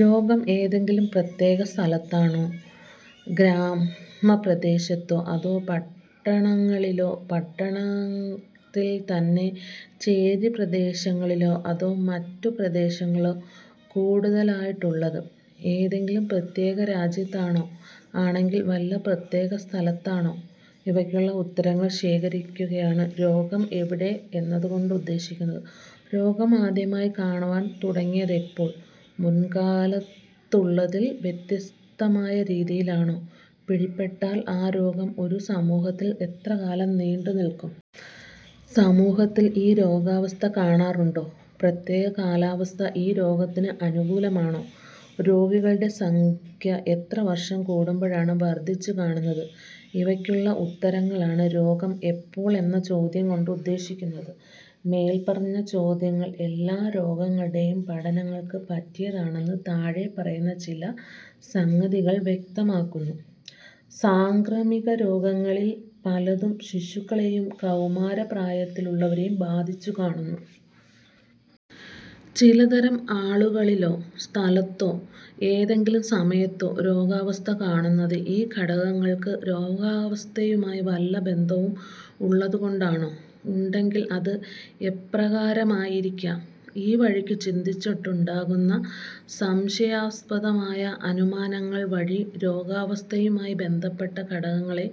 രോഗം ഏതെങ്കിലും പ്രത്യേക സ്ഥലത്താണോ, ഗ്രാമപ്രദേശത്തോ അതോ പട്ടണങ്ങളിലോ പട്ടണത്തിൽത്തന്നെ ചേരിപ്രദേശങ്ങളിലോ അതോ മറ്റു പ്രദേശങ്ങളിലോ കൂടുതലായിട്ടുള്ളത്? ഏതെങ്കിലും പ്രത്യേകരാജ്യത്താണോ? ആണെങ്കിൽ വല്ല പ്രത്യേകസ്ഥലത്താണോ? ഇവയ്ക്കുള്ള ഉത്തരങ്ങൾ ശേഖരിക്കുകയാണ് രോഗം എവിടെ എന്നതുകൊണ്ട് ഉദ്ദേശിക്കുന്നത്. രോഗം ആദ്യമായി കാണുവാൻ തുടങ്ങിയതെപ്പോൾ? മുൻകാലത്തുള്ളതിൽ വ്യത്യസ്തമായ രീതിയിലാണോ? പിടിപെട്ടാൽ ആ രോഗം ഒരു സമൂഹത്തിൽ എത്രകാലം നീണ്ടുനിൽക്കും? സമൂഹത്തിൽ ഈ രോഗാവസ്ഥ കാണാറുണ്ടോ? പ്രത്യേകകാലാവസ്ഥ ഈ രോഗത്തിന് അനുകൂലമാണോ? രോഗികളുടെ സംഖ്യ എത്ര വർഷം കൂടുമ്പോഴാണ് വർദ്ധിച്ചുകാണുന്നത്? ഇവയ്ക്കുള്ള ഉത്തരങ്ങളാണ് രോഗം എപ്പോൾ എന്ന ചോദ്യംകൊണ്ട് ഉദ്ദേശിക്കുന്നത്. മേൽപ്പറഞ്ഞ ചോദ്യങ്ങൾ എല്ലാരോഗങ്ങളുടെയും പഠനങ്ങൾക്കു പറ്റിയതാണെന്ന് താഴെപറയുന്ന ചില സംഗതികൾ വ്യക്തമാക്കുന്നു. സാംക്രമികരോഗങ്ങളിൽ പലതും ശിശുക്കളെയും കൗമാരപ്രായത്തിൽ ഉള്ളവരെയും ബാധിച്ചു കാണുന്നു. ചിലതരം ആളുകളിലോ, സ്ഥലത്തോ, ഏതെങ്കിലും സമയത്തോ രോഗാവസ്ഥ കാണുന്നത് ഈ ഘടകങ്ങൾക്ക് രോഗാവസ്ഥയുമായി വല്ല ബന്ധവും ഉള്ളതുകൊണ്ടാണോ? ഉണ്ടെങ്കിൽ അത് എപ്രകാരമായിരിക്കാം? ഈ വഴിക്കു ചിന്തിച്ചുണ്ടാകുന്ന സംശയാസ്പദമായ അനുമാനങ്ങൾ വഴി രോഗാവസ്ഥയുമായി ബന്ധപ്പെട്ട ഘടകങ്ങളെ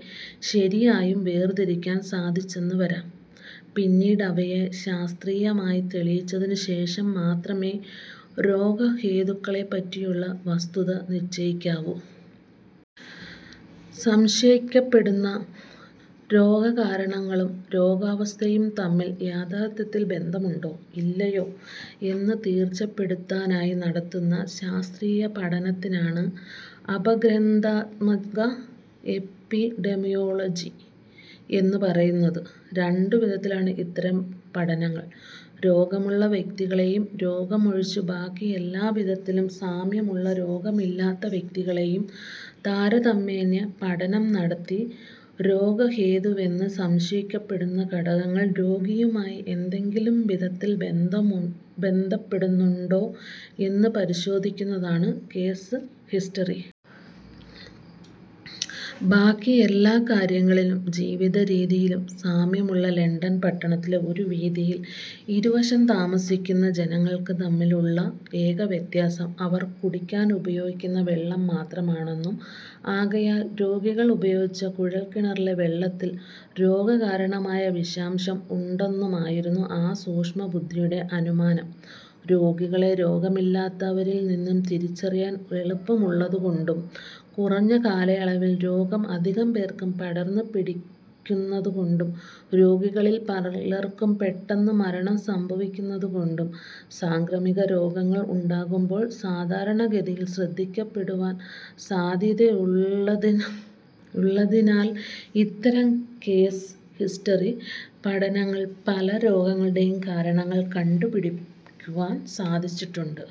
ശരിയായും വേർതിരിക്കാൻ സാധിച്ചെന്നുവരാം. പിന്നീട് അവയെ ശാസ്ത്രീയമായി തെളിയിച്ചതിനു ശേഷം മാത്രമേ രോഗഹേതുക്കളെപ്പറ്റിയുള്ള വസ്തുത നിശ്ചയിക്കാവു. സംശയിക്കപ്പെടുന്ന രോഗകാരണങ്ങളും രോഗാവസ്ഥയും തമ്മിൽ യഥാർത്ഥത്തിൽ ബന്ധമുണ്ടോ ഇല്ലയോ എന്നു തീർച്ചപ്പെടുത്താനായി നടത്തുന്ന ശാസ്ത്രീയ പഠനത്തിനാണ് അപഗ്രഥനാത്മക എപ്പിഡെമിയോളജി എന്നുപറയുന്നത്. രണ്ടുവിധത്തിലാണ് ഇത്തരം പഠനങ്ങൾ: രോഗമുള്ള വ്യക്തികളെയും രോഗമൊഴിച്ച് ബാക്കിയെല്ലാവിധത്തിലും സാമ്യമുള്ള രോഗമില്ലാത്ത വ്യക്തികളെയും താരതമ്യേന പഠനം നടത്തി രോഗഹേതുവെന്നു സംശയിക്കപ്പെടുന്ന ഘടകങ്ങൾ രോഗിയുമായി ഏതെങ്കിലും വിധത്തിൽ ബന്ധപ്പെടുന്നുണ്ടോ എന്നു പരിശോധിക്കുന്നതാണ് കേസ് ഹിസ്റ്ററി. ബാക്കി എല്ലാകാര്യങ്ങളിലും ജീവിതരീതിയിലും സാമ്യമുള്ള ലണ്ടൻ പട്ടണത്തിലെ ഒരു വീഥിയിൽ ഇരുവശം താമസിക്കുന്ന ജനങ്ങൾക്കു തമ്മിലുള്ള ഏക വ്യത്യാസം അവർ കുടിക്കാനുപയോഗിക്കുന്ന വെള്ളം മാത്രമാണെന്നും ആകയാൽ രോഗികൾ ഉപയോഗിച്ച കുഴൽ കിണറ്റിലെ വെള്ളത്തിൽ രോഗകാരണമായ വിഷാംശം ഉണ്ടെന്നുമായിരുന്നു ആ സൂക്ഷ്മബുദ്ധിയുടെ അനുമാനം. രോഗികളെ രോഗമില്ലാത്തവരിൽ നിന്നു തിരിച്ചറിയാൻ എളുപ്പമുള്ളതുകൊണ്ടും കുറഞ്ഞകാലയളവിൽ രോഗം അധികം പേർക്കും പടർന്നു പിടിക്കുന്നതുകോണ്ടും രോഗികളിൽ പലർക്കും പെട്ടെന്നു മരണം സംഭവിക്കുന്നതുകൊണ്ടും സാംക്രമികരോഗങ്ങൾ ഉണ്ടാകുമ്പോൾ സാധാരണഗതിയിൽ ശ്രദ്ധിക്കപ്പെടുവാൻ സാധ്യതയുള്ളതിനാൽ ഇത്തരം കേസ് ഹിസ്റ്ററി പഠനങ്ങൾ പല രോഗങ്ങളുടെയും കാരണങ്ങൾ കണ്ടുപിടിക്കുവാൻ സാധിച്ചിട്ടുണ്ട്.